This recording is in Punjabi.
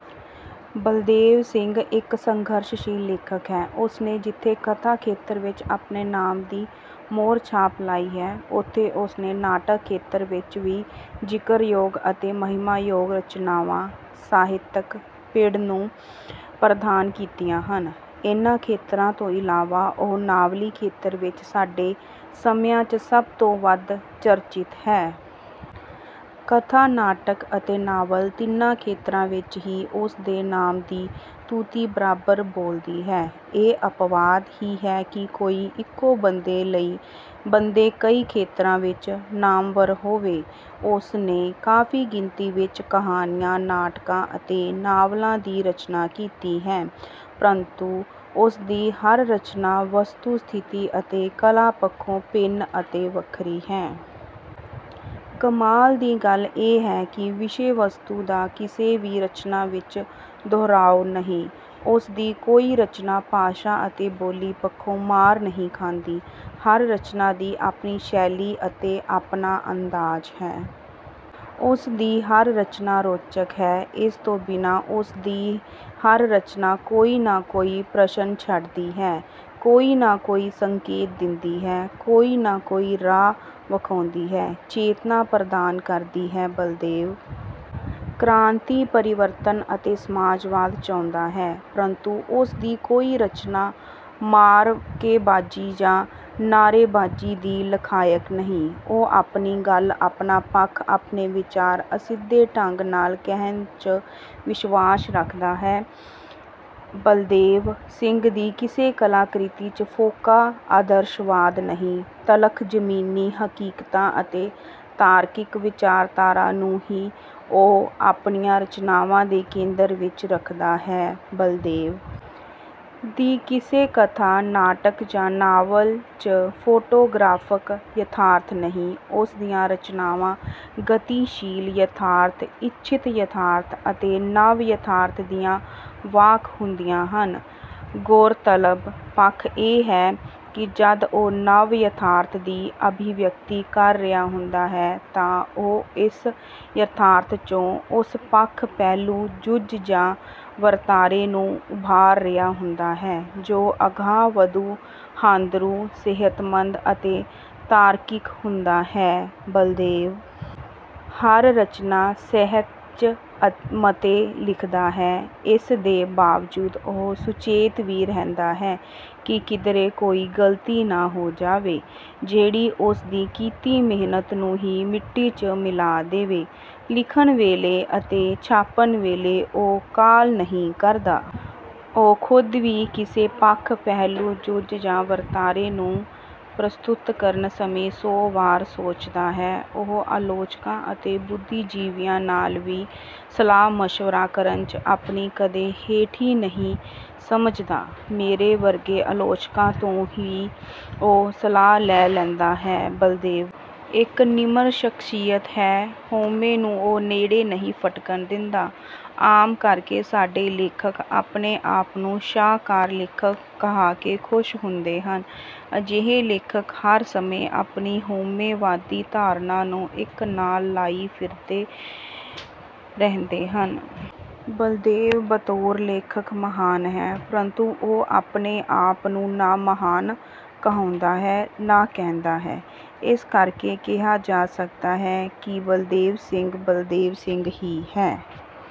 ਬਲਦੇਵ ਸਿੰਘ ਇੱਕ ਸੰਘਰਸ਼ਸ਼ੀਲ ਲੇਖਕ ਹੈ। ਉਸ ਨੇ ਜਿੱਥੇ ਕਥਾ-ਖੇਤਰ ਵਿੱਚ ਆਪਣੇ ਨਾਮ ਦੀ ਮੋਹਰਛਾਪ ਲਾਈ ਹੈ, ਉੱਥੇ ਉਸ ਨੇ ਨਾਟਕ-ਖੇਤਰ ਵਿੱਚ ਵੀ ਜ਼ਿਕਰਯੋਗ ਅਤੇ ਮਹਿਮਾਯੋਗ ਰਚਨਾਵਾਂ ਸਾਹਿਤਕ-ਪਿੜ ਨੂੰ ਪ੍ਰਦਾਨ ਕੀਤੀਆਂ ਹਨ। ਇਨ੍ਹਾਂ ਖੇਤਰਾਂ ਤੋਂ ਇਲਾਵਾ ਉਹ ਨਾਵਲੀ-ਖੇਤਰ ਵਿੱਚ ਸਾਡੇ ਸਮਿਆਂ 'ਚ ਸਭ ਤੋਂ ਵੱਧ ਚਰਚਿਤ ਹੈ। ਕਥਾ, ਨਾਟਕ ਅਤੇ ਨਾਵਲ ਤਿੰਨਾਂ ਖੇਤਰਾਂ ਵਿੱਚ ਹੀ ਉਸ ਦੇ ਨਾਮ ਦੀ ਤੂਤੀ ਬਰਾਬਰ ਬੋਲਦੀ ਹੈ। ਇਹ ਅਪਵਾਦ ਹੀ ਹੈ ਕਿ ਕੋਈ ਇੱਕੋ ਬੰਦਾ ਕਈ ਖੇਤਰਾਂ ਵਿੱਚ ਨਾਮਵਰ ਹੋਵੇ। ਉਸ ਨੇ ਕਾਫੀ ਗਿਣਤੀ ਵਿੱਚ ਕਹਾਣੀਆਂ, ਨਾਟਕਾਂ ਅਤੇ ਨਾਵਲਾਂ ਦੀ ਰਚਨਾ ਕੀਤੀ ਹੈ, ਪ੍ਰੰਤੂ ਉਸ ਦੀ ਹਰ ਰਚਨਾ ਵਸਤੂ-ਸਥਿਤੀ ਅਤੇ ਕਲਾ ਪੱਖੋਂ ਭਿੰਨ ਅਤੇ ਵੱਖਰੀ ਹੈ। ਕਮਾਲ ਦੀ ਗੱਲ ਇਹ ਹੈ ਕਿ ਵਿਸ਼ੇ-ਵਸਤੂ ਦਾ ਕਿਸੇ ਵੀ ਰਚਨਾ ਵਿੱਚ ਦੁਹਰਾਓ ਨਹੀਂ। ਉਸ ਦੀ ਕੋਈ ਰਚਨਾ ਭਾਸ਼ਾ ਅਤੇ ਬੋਲੀ ਪੱਖੋਂ ਮਾਰ ਨਹੀਂ ਖਾਂਦੀ। ਹਰ ਰਚਨਾ ਦੀ ਆਪਣੀ ਸ਼ੈਲੀ ਅਤੇ ਆਪਣਾ ਅੰਦਾਜ਼ ਹੈ। ਉਸ ਦੀ ਹਰ ਰਚਨਾ ਰੌਚਕ ਹੈ, ਇਸ ਤੋਂ ਬਿਨਾਂ ਉਸ ਦੀ ਹਰ ਰਚਨਾ ਕੋਈ ਨਾ ਕੋਈ ਪ੍ਰਸ਼ਨ ਛੱਡਦੀ ਹੈ, ਕੋਈ ਨਾ ਕੋਈ ਸੰਕੇਤ ਦਿੰਦੀ ਹੈ, ਕੋਈ ਨਾ ਕੋਈ ਰਾਹ ਵਿਖਾਉਂਦੀ ਹੈ, ਚੇਤਨਾ ਪ੍ਰਦਾਨ ਕਰਦੀ ਹੈ। ਬਲਦੇਵ ਕ੍ਰਾਂਤੀ, ਪਰਿਵਰਤਨ ਅਤੇ ਸਮਾਜਵਾਦ ਚਾਹੁੰਦਾ ਹੈ, ਪ੍ਰੰਤੂ ਉਸ ਦੀ ਕੋਈ ਰਚਨਾ ਮਾਅਰਕੇਬਾਜ਼ੀ ਜਾਂ ਨਾਅਰੇਬਾਜ਼ੀ ਦੀ ਲਖ਼ਾਇਕ ਨਹੀਂ। ਉਹ ਆਪਣੀ ਗੱਲ, ਆਪਣਾ ਪੱਖ, ਆਪਣੇ ਵਿਚਾਰ ਅਸਿੱਧੇ ਢੰਗ ਨਾਲ ਕਹਿਣ 'ਚ ਵਿਸ਼ਵਾਸ ਰੱਖਦਾ ਹੈ। ਬਲਦੇਵ ਸਿੰਘ ਦੀ ਕਿਸੇ ਕਲਾ-ਕ੍ਰਿਤੀ 'ਚ ਫੋਕਾ ਆਦਰਸ਼ਵਾਦ ਨਹੀਂ, ਤਲਖ਼ ਜ਼ਮੀਨੀ ਹਕੀਕਤਾਂ ਅਤੇ ਤਾਰਕਿਕ ਵਿਚਾਰਧਾਰਾ ਨੂੰ ਹੀ ਉਹ ਆਪਣੀਆਂ ਰਚਨਾਵਾਂ ਦੇ ਕੇਂਦਰ ਵਿੱਚ ਰੱਖਦਾ ਹੈ। ਬਲਦੇਵ ਦੀ ਕਿਸੇ ਕਥਾ, ਨਾਟਕ ਜਾਂ ਨਾਵਲ 'ਚ ਫੋਟੋਗ੍ਰਾਫਕ ਯਥਾਰਥ ਨਹੀਂ, ਉਸ ਦੀਆਂ ਰਚਨਾਵਾਂ ਗਤੀਸ਼ੀਲ-ਯਥਾਰਥ, ਇੱਛਤ-ਯਥਾਰਥ ਅਤੇ ਨਵ-ਯਥਾਰਥ ਦੀਆਂ ਵਾਹਕ ਹੁੰਦੀਆਂ ਹਨ। ਗ਼ੌਰਤਲਬ ਪੱਖ ਇਹ ਹੈ ਕਿ ਜਦ ਉਹ ਨਵ-ਯਥਾਰਥ ਦੀ ਅਭਿਵਿਅਕਤੀ ਕਰ ਰਿਹਾ ਹੁੰਦਾ ਹੈ ਤਾਂ ਉਹ ਇਸ ਯਥਾਰਥ 'ਚੋਂ ਉਸ ਪੱਖ, ਪਹਿਲੂ, ਜੁਜ਼ ਜਾਂ ਵਰਤਾਰੇ ਨੂੰ ਉਭਾਰ ਰਿਹਾ ਹੁੰਦਾ ਹੈ, ਜੋ ਅਗਾਂਹਵਧੂ, ਹਾਂਦਰੂ, ਸਿਹਤਮੰਦ ਅਤੇ ਤਾਰਕਿਕ ਹੁੰਦਾ ਹੈ। ਬਲਦੇਵ ਹਰ ਰਚਨਾ ਸਹਿਜ-ਮਤੇ ਲਿਖਦਾ ਹੈ, ਇਸ ਦੇ ਬਾਵਜੂਦ ਉਹ ਸੁਚੇਤ ਵੀ ਰਹਿੰਦਾ ਹੈ ਕਿ ਕਿਧਰੇ ਕੋਈ ਗ਼ਲਤੀ ਨਾ ਹੋ ਜਾਵੇ, ਜਿਹੜੀ ਉਸ ਦੀ ਕੀਤੀ ਮਿਹਨਤ ਨੂੰ ਹੀ ਮਿੱਟੀ 'ਚ ਮਿਲਾ ਦੇਵੇ। ਲਿਖਣ ਵੇਲੇ ਅਤੇ ਛਾਪਣ ਵੇਲੇ ਉਹ ਕਾਹਲ ਨਹੀਂ ਕਰਦਾ। ਉਹ ਖ਼ੁਦ ਵੀ ਕਿਸੇ ਪੱਖ, ਪਹਿਲੂ, ਜੁਜ਼ ਜਾਂ ਵਰਤਾਰੇ ਨੂੰ ਪ੍ਰਸਤੁਤ ਕਰਨ ਸਮੇਂ ਸੌ ਵਾਰ ਸੋਚਦਾ ਹੈ। ਉਹ ਆਲੋਚਕਾਂ ਅਤੇ ਬੁੱਧੀਜੀਵੀਆਂ ਨਾਲ ਵੀ ਸਲਾਹ-ਮਸ਼ਵਰਾ ਕਰਨ 'ਚ ਆਪਣੀ ਕਦੇ ਹੇਠੀ ਨਹੀਂ ਸਮਝਦਾ। ਮੇਰੇ ਵਰਗੇ ਆਲੋਚਕਾਂ ਤੋਂ ਵੀ ਉਹ ਸਲਾਹ ਲੈ ਲੈਂਦਾ ਹੈ। ਬਲਦੇਵ ਇੱਕ ਨਿਮਰ ਸ਼ਖ਼ਸੀਅਤ ਹੈ। ਹਉਮੈ ਨੂੰ ਉਹ ਨੇੜ ਨਹੀਂ ਫ਼ਟਕਣ ਦਿੰਦਾ। ਆਮ ਕਰ ਕੇ ਸਾਡੇ ਲੇਖਕ ਆਪਣੇ ਆਪ ਨੂੰ ਸ਼ਾਹਕਾਰ ਲੇਖਕ ਕਹਾ ਕੇ ਖੁਸ਼ ਹੁੰਦੇ ਹਨ। ਅਜਿਹੇ ਲੇਖਕ ਹਰ ਸਮੇਂ ਆਪਣੀ ਹਉਮੈਵਾਦੀ ਧਾਰਨਾ ਨੂੰ ਹਿੱਕ ਨਾਲ ਲਾਈ ਫਿਰਦੇ ਰਹਿੰਦੇ ਹਨ। ਬਲਦੇਵ ਬਤੌਰ ਲੇਖਕ ਮਹਾਨ ਹੈ, ਪ੍ਰੰਤੂ ਉਹ ਆਪਣੇ ਆਪ ਨੂੰ ਨਾ ਮਹਾਨ ਕਹਾਉਂਦਾ ਹੈ, ਨਾ ਕਹਿੰਦਾ ਹੈ। ਇਸ ਕਰ ਕੇ ਕਿਹਾ ਜਾ ਸਕਦਾ ਹੈ ਕਿ ਬਲਦੇਵ ਸਿੰਘ 'ਬਲਦੇਵ ਸਿੰਘ' ਹੀ ਹੈ।